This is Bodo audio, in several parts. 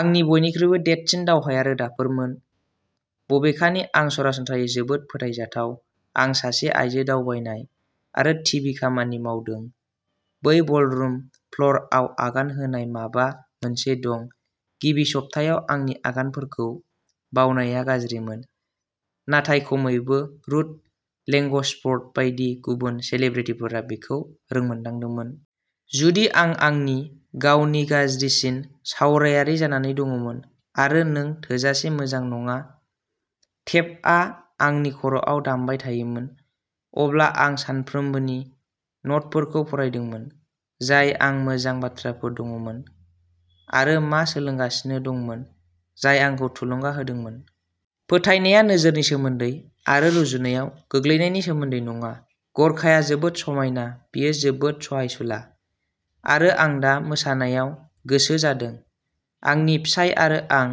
"आंनि बयनिख्रुइबो देरसिन दावहाया रोदाफोरमोन। बबेखानि आं सरासनस्रायै जोबोद फोथायजाथाव-आं सासे-आइजो दावबायनाय आरो टिभि खामानि मावदों-बै बलरुम फ्ल'रआव आगान होनायाव माबा मोनसे दं! गिबि सप्तायाव आंनि आगानफोरखौ बावनाया गाज्रिमोन, नाथाय खमैबो रुथ लेंग्सफर्ड बायदि गुबुन सेलिब्रिटिफोरा बेखौ रोंमोन्दांदोंमोन। " जुदि आं आंनि गावनि गाज्रिसिन सावरायगिरि जानानै दंमोन आरो'नों थोजासे मोजां नङा'टेपआ आंनि खर'आव दामबाय थायोमोन, अब्ला आं सानफ्रोमबोनि न'टफोरखौ फरायदोंमोन, जाय आं मोजां बाथ्राफोर दंमोन आरो मा सोलोंगासिनो दंमोन, जाय आंखौ थुलुंगा होदोंमोन। "फोथायनाया नोजोरनि सोमोन्दै आरो रुजुनायाव गोग्लैनायनि सोमोन्दै नङा। गर्काया जोबोद समायना, बियो जोबोद सहायसुला आरो आं दा मोसानायाव गोसो जादों। आंनि फिसाय आरो आं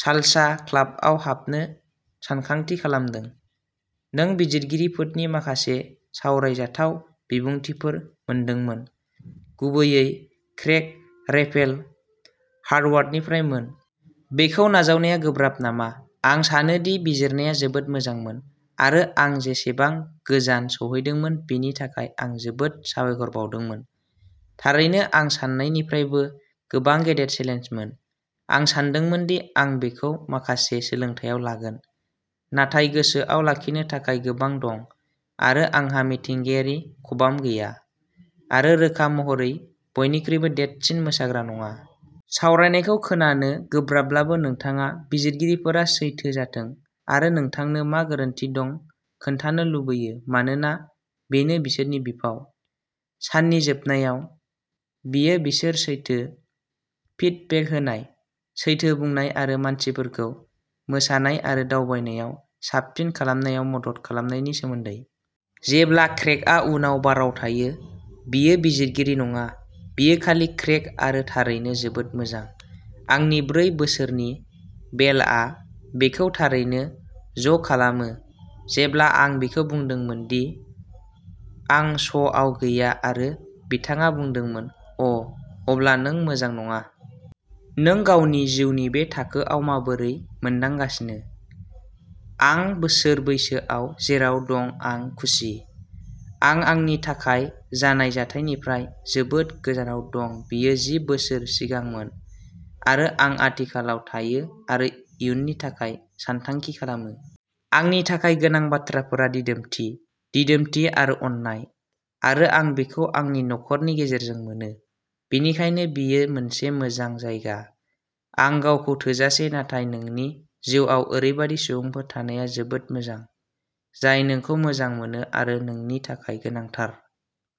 सालसा क्लाबाव हाबनो सानथांखि खालामदों। " नों बिजिरगिरिफोरनि माखासे सावरायजाथाव बिबुंथिफोर मोनदोंमोन, गुबैयै क्रेग रेभेल हरवुडनिफ्राय-मोन। बेखौ नाजावनाया गोब्राब नामा? "आं सानो दि बिजिरनाया जोबोद मोजांमोन, आरो आं जेसेबां गोजान सौहैदोंमोन बेनि थाखाय आं जोबोद साबायखर बावदोंमोन। थारैनो आं सान्नायनिफ्रायबो गोबां गिदिर चेलेन्जमोन। आं सानदोंमोन दि आं बेखौ माखासे सोलोंथायाव लागोन नाथाय गोसोआव लाखिनो थाखाय गोबां दं-आरो आंहा मिथिंगायारि खबाम गैया आरो रोखा महरै बयनिख्रुइबो देरसिन मोसाग्रा नङा! " सावरायनायखौ खोनानो गोब्राबब्लाबो, नोंथाङा बिजिरगिरिफोरा सैथो जाथों आरो नोंथांनो मा गोरोन्थि दं खोन्थानो लुगैयो मानोना बेनो बिसोरनि बिफाव। साननि जोबनायाव, बेयो बिसोर सैथो फिडबेक होनाय, सैथो बुंनाय आरो मानसिफोरखौ मोसानाय आरो दावगानायाव साबसिन खालामनायाव मदद खालामनायनि सोमोन्दै। "जेब्ला क्रेगआ उनाव बाराव थायो, बियो बिजिरगिरि नङा, बियो खालि क्रेग आरो थारैनो जोबोद मोजां। आंनि ब्रै बोसोरनि, बेलआ, बेखौ थारैनो ज'खालामो, जेब्ला आं बिखौ बुंदोंमोन दि आं श'आव गैया आरो बिथाङा बुंदोंमोन,'अ', अब्ला नों मोजां नङा! '"नों गावनि जिउनि बे थाखोआव माबोरै मोनदांगासिनो? " आं बोसोर बैसोआव जेराव दं आं खुसि। आं आंनि थाखाय जानाय जाथायनिफ्राय जोबोद गोजानाव दं-बेयो जि बोसोर सिगांमोन-आरो आं आथिखालाव थायो आरो इयुननि थाखाय सानथांखि खालामो। आंनि थाखाय गोनां बाथ्राफोरा दिदोमथि, दिदोमथि आरो अननाय, आरो आं बेखौ आंनि नखरनि गेजेरजों मोनो, बेनिखायनो बेयो मोनसे मोजां जायगा। "आं गावखौ-थोजासे, नाथाय नोंनि जिउआव ओरैबायदि सुबुंफोर थानाया जोबोद मोजां, जाय नोंखौ मोजां मोनो आरो नोंनि थाखाय गोनांथार।